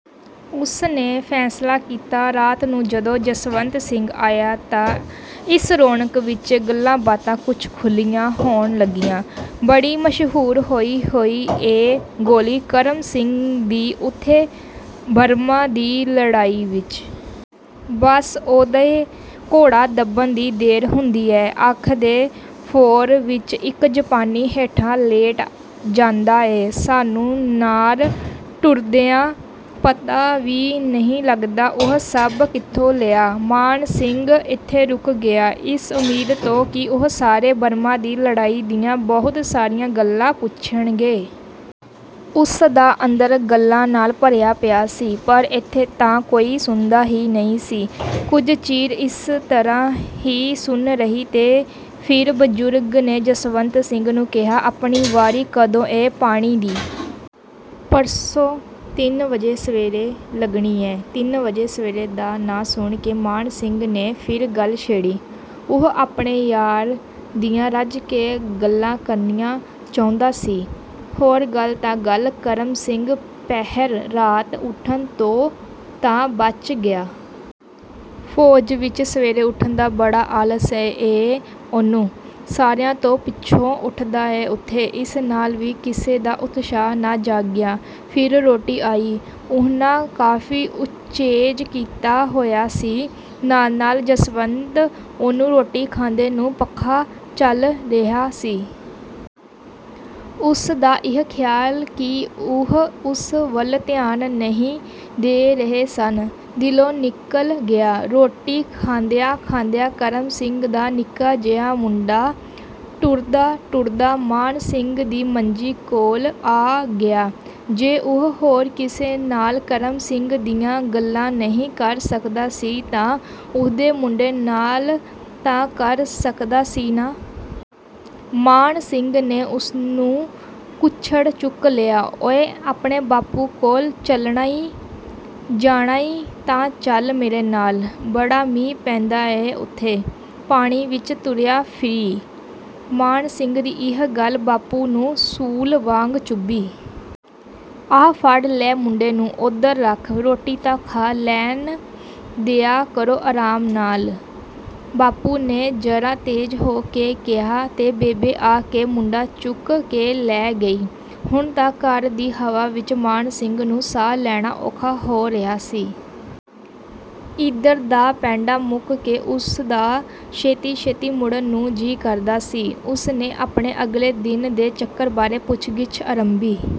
ਉਸ ਨੇ ਫ਼ੈਸਲਾ ਕੀਤਾ। ਰਾਤ ਨੂੰ ਜਦੋਂ ਜਸਵੰਤ ਸਿੰਘ ਆਇਆ ਤਾਂ ਇਸ ਰੌਣਕ ਵਿਚ ਗੱਲਾਂ-ਬਾਤਾਂ ਕੁਝ ਖੁੱਲ੍ਹੀਆਂ ਹੋਣ ਲੱਗੀਆਂ। ''ਬੜੀ ਮਸ਼ਹੂਰ ਹੋਈ ਹੋਈ ਏ ਗੋਲੀ ਕਰਮ ਸਿੰਘ ਦੀ ਉੱਥੇ 'ਬਰਮਾ' ਦੀ ਲੜਾਈ ਵਿਚ। ਬਸ ਉਹਦੇ ਘੋੜਾ ਦੱਬਣ ਦੀ ਦੇਰ ਹੁੰਦੀ ਏ, ਅੱਖ ਦੇ ਫੋਰ ਵਿਚ ਇਕ ਜਾਪਾਨੀ ਹੇਠਾਂ ਲੇਟ ਜਾਂਦਾ ਏ। ਸਾਨੂੰ ਨਾਲ ਟੁਰਦਿਆਂ ਪਤਾ ਵੀ ਨਹੀਂ ਲੱਗਦਾ ਉਹ ਸਭ ਕਿੱਥੋਂ ਲਿਆ।'' ਮਾਨ ਸਿੰਘ ਇੱਥੇ ਰੁਕ ਗਿਆ, ਇਸ ਉਮੀਦ ਤੋਂ ਕਿ ਉਹ ਸਾਰੇ 'ਬਰਮਾ' ਦੀ ਲੜਾਈ ਦੀਆਂ ਬਹੁਤ ਸਾਰੀਆਂ ਗੱਲਾਂ ਪੁੱਛਣਗੇ। ਉਸ ਦਾ ਅੰਦਰ ਗੱਲਾਂ ਨਾਲ ਭਰਿਆ ਪਿਆ ਸੀ ਪਰ ਇੱਥੇ ਤਾਂ ਕੋਈ ਸੁਣਦਾ ਹੀ ਨਹੀਂ ਸੀ। ਕੁਝ ਚਿਰ ਇਸ ਤਰ੍ਹਾਂ ਹੀ ਸੁੰਨ ਰਹੀ ਤੇ ਫਿਰ ਬਜ਼ੁਰਗ ਨੇ ਜਸਵੰਤ ਸਿੰਘ ਨੂੰ ਕਿਹਾ, ''ਆਪਣੀ ਵਾਰੀ ਕਦੋਂ ਏ ਪਾਣੀ ਦੀ?'' ''ਪਰਸੋਂ ਤਿੰਨ ਵਜੇ ਸਵੇਰੇ ਲੱਗਣੀ ਏ।'' ਤਿੰਨ ਵਜੇ ਸਵੇਰ ਦਾ ਨਾਂ ਸੁਣ ਕੇ ਮਾਨ ਸਿੰਘ ਨੇ ਫਿਰ ਗੱਲ ਛੇੜੀ। ਉਹ ਆਪਣੇ ਯਾਰ ਦੀਆਂ ਰੱਜ ਕੇ ਗੱਲਾਂ ਕਰਨੀਆਂ ਚਾਹੁੰਦਾ ਸੀ। ''ਹੋਰ ਗੱਲ ਤਾਂ ਗੱਲ, ਕਰਮ ਸਿੰਘ ਪਹਿਰ ਰਾਤ ਉੱਠਣ ਤੋਂ ਤਾਂ ਬਚ ਗਿਆ। ਫ਼ੌਜ ਵਿਚ ਸਵੇਰੇ ਉੱਠਣ ਦਾ ਬੜਾ ਆਲਸ ਏ ਉਹਨੂੰ। ਸਾਰਿਆਂ ਤੋਂ ਪਿੱਛੋਂ ਉੱਠਦਾ ਏ ਓਥੇ।'' ਇਸ ਨਾਲ ਵੀ ਕਿਸੇ ਦਾ ਉਤਸ਼ਾਹ ਨਾ ਜਾਗਿਆ। ਫਿਰ ਰੋਟੀ ਆਈ। ਉਹਨਾਂ ਕਾਫ਼ੀ ਉਚੇਚ ਕੀਤਾ ਹੋਇਆ ਸੀ। ਨਾਲ-ਨਾਲ ਜਸਵੰਤ ਉਹਨੂੰ ਰੋਟੀ ਖਾਂਦੇ ਨੂੰ ਪੱਖਾ ਝੱਲ ਰਿਹਾ ਸੀ। ਉਸ ਦਾ ਇਹ ਖ਼ਿਆਲ ਕਿ ਉਹ ਉਸ ਵੱਲ ਧਿਆਨ ਨਹੀਂ ਦੇ ਰਹੇ ਸਨ, ਦਿਲੋਂ ਨਿਕਲ ਗਿਆ। ਰੋਟੀ ਖਾਂਦਿਆਂ-ਖਾਂਦਿਆਂ ਕਰਮ ਸਿੰਘ ਦਾ ਨਿੱਕਾ ਜਿਹਾ ਮੁੰਡਾ ਟੁਰਦਾ-ਟੁਰਦਾ ਮਾਨ ਸਿੰਘ ਦੀ ਮੰਜੀ ਕੋਲ ਆ ਗਿਆ। ਜੇ ਉਹ ਹੋਰ ਕਿਸੇ ਨਾਲ ਕਰਮ ਸਿੰਘ ਦੀਆਂ ਗੱਲਾਂ ਨਹੀਂ ਕਰ ਸਕਦਾ ਸੀ ਤਾਂ ਉਹਦੇ ਮੁੰਡੇ ਨਾਲ ਤਾਂ ਕਰ ਸਕਦਾ ਸੀ ਨਾ। ਮਾਨ ਸਿੰਘ ਨੇ ਉਸ ਨੂੰ ਕੁੱਛੜ ਚੁੱਕ ਲਿਆ। ''ਓਏ, ਆਪਣੇ ਬਾਪੂ ਕੋਲ ਚੱਲਣਾ ਈਂ? ਜਾਣਾ ਈ ਤਾਂ ਚੱਲ ਮੇਰੇ ਨਾਲ। ਬੜਾ ਮੀਂਹ ਪੈਂਦਾ ਏ ਉੱਥੇ, ਪਾਣੀ ਵਿਚ ਤੁਰਿਆ ਫਿਰੀਂ।'' ਮਾਨ ਸਿੰਘ ਦੀ ਇਹ ਗੱਲ ਬਾਪੂ ਨੂੰ ਸੂਲ ਵਾਂਗ ਚੁੱਭੀ। ''ਆਹ ਫੜ ਲੈ ਮੁੰਡੇ ਨੂੰ, ਉੱਧਰ ਰੱਖ। ਰੋਟੀ ਤਾਂ ਖਾ ਲੈਣ ਦਿਆ ਕਰੋ ਆਰਾਮ ਨਾਲ।'' ਬਾਪੂ ਨੇ ਜ਼ਰਾ ਤੇਜ਼ ਹੋ ਕੇ ਕਿਹਾ ਤੇ ਬੇਬੇ ਆ ਕੇ ਮੁੰਡਾ ਚੁੱਕ ਕੇ ਲੈ ਗਈ। ਹੁਣ ਤਾਂ ਘਰ ਦੀ ਹਵਾ ਵਿਚ ਮਾਨ ਸਿੰਘ ਨੂੰ ਸਾਹ ਲੈਣਾ ਔਖਾ ਹੋ ਰਿਹਾ ਸੀ। ਇੱਧਰ ਦਾ ਪੈਂਡਾ ਮੁਕਾ ਕੇ ਉਸ ਦਾ ਛੇਤੀ-ਛੇਤੀ ਮੁੜਨ ਨੂੰ ਜੀ ਕਰਦਾ ਸੀ। ਉਸ ਨੇ ਆਪਣੇ ਅਗਲੇ ਦਿਨ ਦੇ ਚੱਕਰ ਬਾਰੇ ਪੁੱਛ-ਗਿੱਛ ਅਰੰਭੀ।